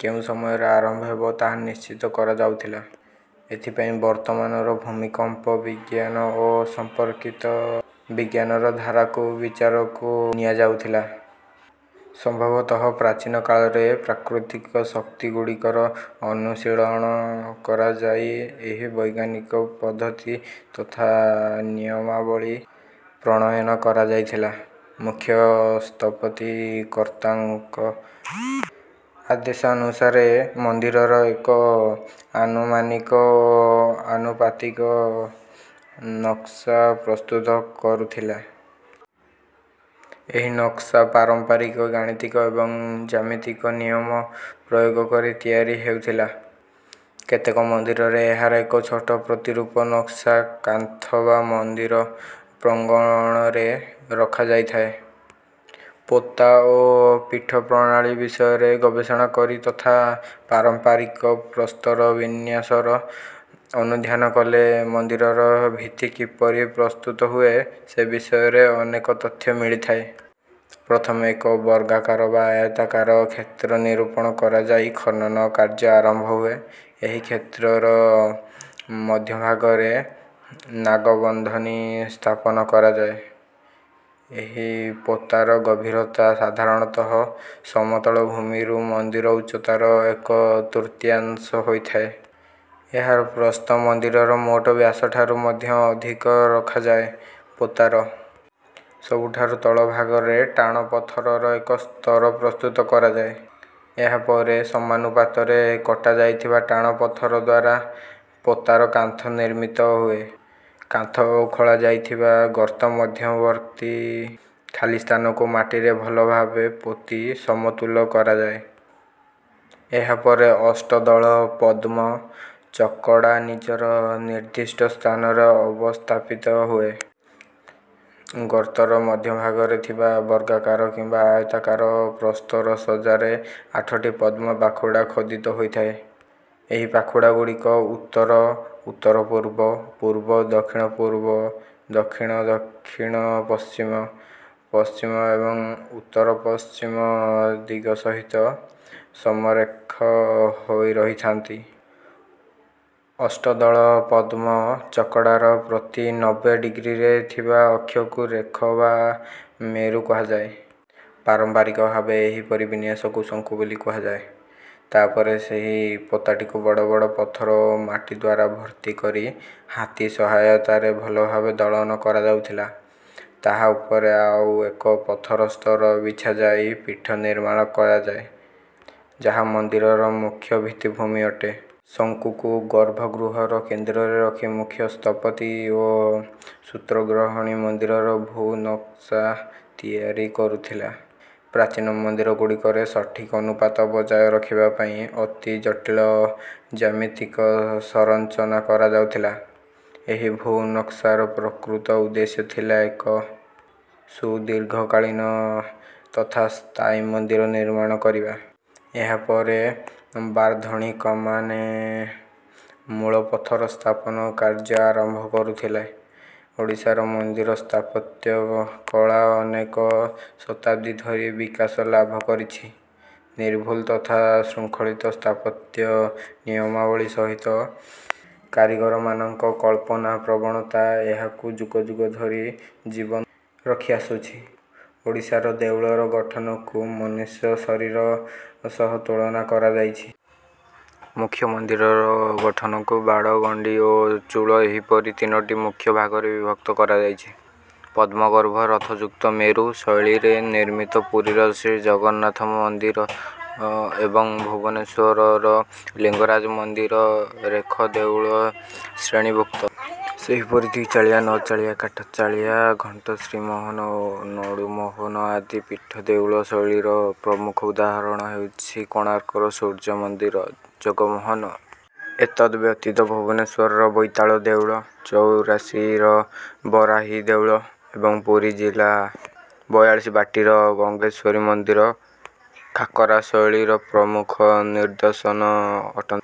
କେଉଁ ସମୟରେ ଆରମ୍ଭ ହେବ ତାହା ନିଶ୍ଚିତ କରାଯାଉଥିଲା। ଏଥିପାଇଁ ବର୍ତ୍ତମାନର ଭୂମିକମ୍ପ ବିଜ୍ଞାନ ଓ ସଂପର୍କିତ ବିଜ୍ଞାନର ଧାରାକୁ ବିଚାରକୁ ନିଆଯାଉଥିଲା। ସମ୍ଭବତଃ ପ୍ରାଚୀନ କାଳରେ ପ୍ରାକୃତିକ ଶକ୍ତିଗୁଡ଼ିକର ଅନୁଶୀଳନ କରାଯାଇ ଏହି ବୈଜ୍ଞାନିକ ପଦ୍ଧତି ତଥା ନିୟମାବଳୀ ପ୍ରଣୟନ କରାଯାଇଥିଲା। ମୁଖ୍ୟ ସ୍ଥପତି କର୍ତ୍ତାଙ୍କ ଆଦେଶାନୁସାରେ ମନ୍ଦିରର ଏକ ଆନୁମାନିକ ଓ ଆନୁପାତିକ ନକସା ପ୍ରସ୍ତୁତ କରୁଥିଲେ। ଏହି ନକସା ପାରମ୍ପରିକ ଗାଣିତିକ ଏବଂ ଜ୍ୟାମିତିକ ନିୟମ ପ୍ରୟୋଗ କରି ତିଆରି ହେଉଥିଲା। କେତେକ ମନ୍ଦିରରେ ଏହାର ଏକ ଛୋଟ ପ୍ରତିରୂପ ନକସା କାନ୍ଥ ବା ମନ୍ଦିର ପ୍ରାଙ୍ଗଣରେ ରଖାଯାଇଥାଏ। ପୋତା ଓ ପୀଠ ପ୍ରଣାଳୀ ବିଷୟରେ ଗବେଷଣା କରି ତଥା ପାରମ୍ପରିକ ପ୍ରସ୍ତର ବିନ୍ୟାସର ଅନୁଧ୍ୟାନ କଲେ ମନ୍ଦିରର ଭିତ୍ତି କିପରି ପ୍ରସ୍ତୁତ ହୁଏ ସେ ବିଷୟରେ ଅନେକ ତଥ୍ୟ ମିଳିଥାଏ। ପ୍ରଥମେ ଏକ ବର୍ଗାକାର ବା ଆୟତାକାର କ୍ଷେତ୍ର ନିରୂପଣ କରାଯାଇ ଖନନ କାର୍ଯ୍ୟ ଆରମ୍ଭ ହୁଏ। ଏହି କ୍ଷେତ୍ରର ମଧ୍ୟଭାଗରେ ନାଗବନ୍ଧନୀ ସ୍ଥାପନ କରାଯାଏ। ଏହି ପୋତାର ଗଭୀରତା ସାଧାରଣତଃ ସମତଳ ଭୂମିରୁ ମନ୍ଦିର ଉଚ୍ଚତାର ଏକ ତୃତୀୟାଂଶ ହୋଇଥାଏ। ଏହାର ପ୍ରସ୍ଥ ମନ୍ଦିରର ମୋଟ ବ୍ୟାସଠାରୁ ମଧ୍ୟ ଅଧିକ ରଖାଯାଏ। ପୋତାର ସବୁଠାରୁ ତଳ ଭାଗରେ ଟାଣ ପଥରର ଏକ ସ୍ତର ପ୍ରସ୍ତୁତ କରାଯାଏ। ଏହାପରେ ସମାନୁପାତରେ କଟାଯାଇଥିବା ଟାଣ ପଥର ଦ୍ୱାରା ପୋତାର କାନ୍ଥ ନିର୍ମିତ ହୁଏ। କାନ୍ଥ ଓ ଖୋଳାଯାଇଥିବା ଗର୍ତ୍ତ ମଧ୍ୟବର୍ତ୍ତୀ ଖାଲି ସ୍ଥାନକୁ ମାଟିରେ ଭଲଭାବେ ପୋତି ସମତୁଲ କରାଯାଏ। ଏହାପରେ ଅଷ୍ଟଦଳ ପଦ୍ମ ଚକଡ଼ା ନିଜର ନିର୍ଦ୍ଦିଷ୍ଟ ସ୍ଥାନରେ ଅବସ୍ଥାପିତ ହୁଏ। ଗର୍ତ୍ତର ମଧ୍ୟଭାଗରେ ଥିବା ବର୍ଗାକାର କିମ୍ବା ଆୟତାକାର ପ୍ରସ୍ତର ସଜ୍ଜାରେ ଆଠଟି ପଦ୍ମ ପାଖୁଡ଼ା ଖୋଦିତ ହୋଇଥାଏ। ଏହି ପାଖୁଡ଼ାଗୁଡ଼ିକ ଉତ୍ତର ଉତ୍ତରପୂର୍ବ ପୂର୍ବ ଦକ୍ଷିଣ ପୂର୍ବ ଦକ୍ଷିଣ ଦକ୍ଷିଣ ପଶ୍ଚିମ ପଶ୍ଚିମ ଏବଂ ଉତ୍ତର ପଶ୍ଚିମ ଦିଗ ସହିତ ସମରେଖ ହୋଇ ରହିଥାନ୍ତି। ଅଷ୍ଟଦଳ ପଦ୍ମ ଚକଡ଼ାର ପ୍ରତି ନବେ ଡିଗ୍ରୀରେ ଥିବା ଅକ୍ଷକୁ ରେଖ ବା ମେରୁ କୁହାଯାଏ। ପାରମ୍ପରିକ ଭାବେ ଏହିପରି ବିନ୍ୟାସକୁ ଶଙ୍କୁ ବୋଲି କୁହାଯାଏ। ତାପରେ ସେହି ପୋତାଟିକୁ ବଡ଼ ବଡ଼ ପଥର ଓ ମାଟି ଦ୍ୱାରା ଭର୍ତ୍ତି କରି ହାତୀ ସହାୟତାରେ ଭଲଭାବେ ଦଳନ କରାଯାଉଥିଲା। ତାହା ଉପରେ ଆଉ ଏକ ପଥର ସ୍ତର ବିଛାଯାଇ ପୀଠ ନିର୍ମାଣ କରାଯାଏ ଯାହା ମନ୍ଦିରର ମୁଖ୍ୟ ଭିତ୍ତିଭୂମି ଅଟେ। ଶଙ୍କୁକୁ ଗର୍ଭଗୃହର କେନ୍ଦ୍ରରେ ରଖି ମୁଖ୍ୟ ସ୍ଥପତି ଓ ସୂତ୍ରଗ୍ରହଣୀ ମନ୍ଦିରର ଭୂ ନକସା ତିଆରି କରୁଥିଲେ। ପ୍ରାଚୀନ ମନ୍ଦିରଗୁଡ଼ିକରେ ସଠିକ୍ ଅନୁପାତ ବଜାୟ ରଖିବା ପାଇଁ ଅତି ଜଟିଳ ଜ୍ୟାମିତିକ ସଂରଚନା କରାଯାଉଥିଲା। ଏହି ଭୂ ନକସାର ପ୍ରକୃତ ଉଦ୍ଦେଶ୍ୟ ଥିଲା ଏକ ସୁଦୀର୍ଘକାଳୀନ ତଥା ସ୍ଥାୟୀ ମନ୍ଦିର ନିର୍ମାଣ କରିବା। ଏହାପରେ ବାର୍ଦ୍ଧଣିକମାନେ ମୂଳ ପଥର ସ୍ଥାପନ କାର୍ଯ୍ୟ ଆରମ୍ଭ କରୁଥିଲେ। ଓଡ଼ିଶାର ମନ୍ଦିର ସ୍ଥାପତ୍ୟ କଳା ଅନେକ ଶତାବ୍ଦୀ ଧରି ବିକାଶ ଲାଭ କରିଛି। ନିର୍ଭୁଲ ତଥା ଶୃଙ୍ଖଳିତ ସ୍ଥାପତ୍ୟ ନିୟମାବଳୀ ସହିତ କାରିଗରମାନଙ୍କ କଳ୍ପନା ପ୍ରବଣତା ଏହାକୁ ଯୁଗ ଯୁଗ ଧରି ଜୀବନ୍ତ ରଖିଆସିଛି। ଓଡ଼ିଶାର ଦେଉଳର ଗଠନକୁ ମନୁଷ୍ୟ ଶରୀର ସହ ତୁଳନା କରାଯାଇଛି। ମୁଖ୍ୟ ମନ୍ଦିରର ଗଠନକୁ ବାଡ଼ ଗଣ୍ଡି ଓ ଚୁଳ ଏହିପରି ତିନୋଟି ମୁଖ୍ୟ ଭାଗରେ ବିଭକ୍ତ କରାଯାଇଛି। ପଦ୍ମଗର୍ଭ ରଥଯୁକ୍ତ ମେରୁ ଶୈଳୀରେ ନିର୍ମିତ ପୁରୀର ଶ୍ରୀଜଗନ୍ନାଥ ମନ୍ଦିର ଏବଂ ଭୁବନେଶ୍ୱରର ଲିଙ୍ଗରାଜ ମନ୍ଦିର ରେଖ ଦେଉଳ ଶ୍ରେଣୀଭୁକ୍ତ। ସେହିପରି ଦ୍ୱିଚାଳିଆ ନଅଚାଳିଆ କାଠଚାଳିଆ ଘଣ୍ଟଶ୍ରୀମୋହନ ଓ ନଡ଼ୁମୋହନ ଆଦି ପୀଢ଼ ଦେଉଳ ଶୈଳୀର ପ୍ରମୁଖ ଉଦାହରଣ ହେଉଛି କୋଣାର୍କର ସୂର୍ଯ୍ୟ ମନ୍ଦିରର ଜଗମୋହନ। ଏତଦ୍ ବ୍ୟତୀତ ଭୁବନେଶ୍ୱରର ବଇତାଳ ଦେଉଳ ଚଉରାଶିର ବରାହୀ ଦେଉଳ ଏବଂ ପୁରୀ ଜିଲ୍ଲା ବୟାଳିଶବାଟିର ଗଙ୍ଗେଶ୍ୱରୀ ମନ୍ଦିର ଖାକରା ଶୈଳୀର ପ୍ରମୁଖ ନିଦର୍ଶନ ଅଟନ୍ତି।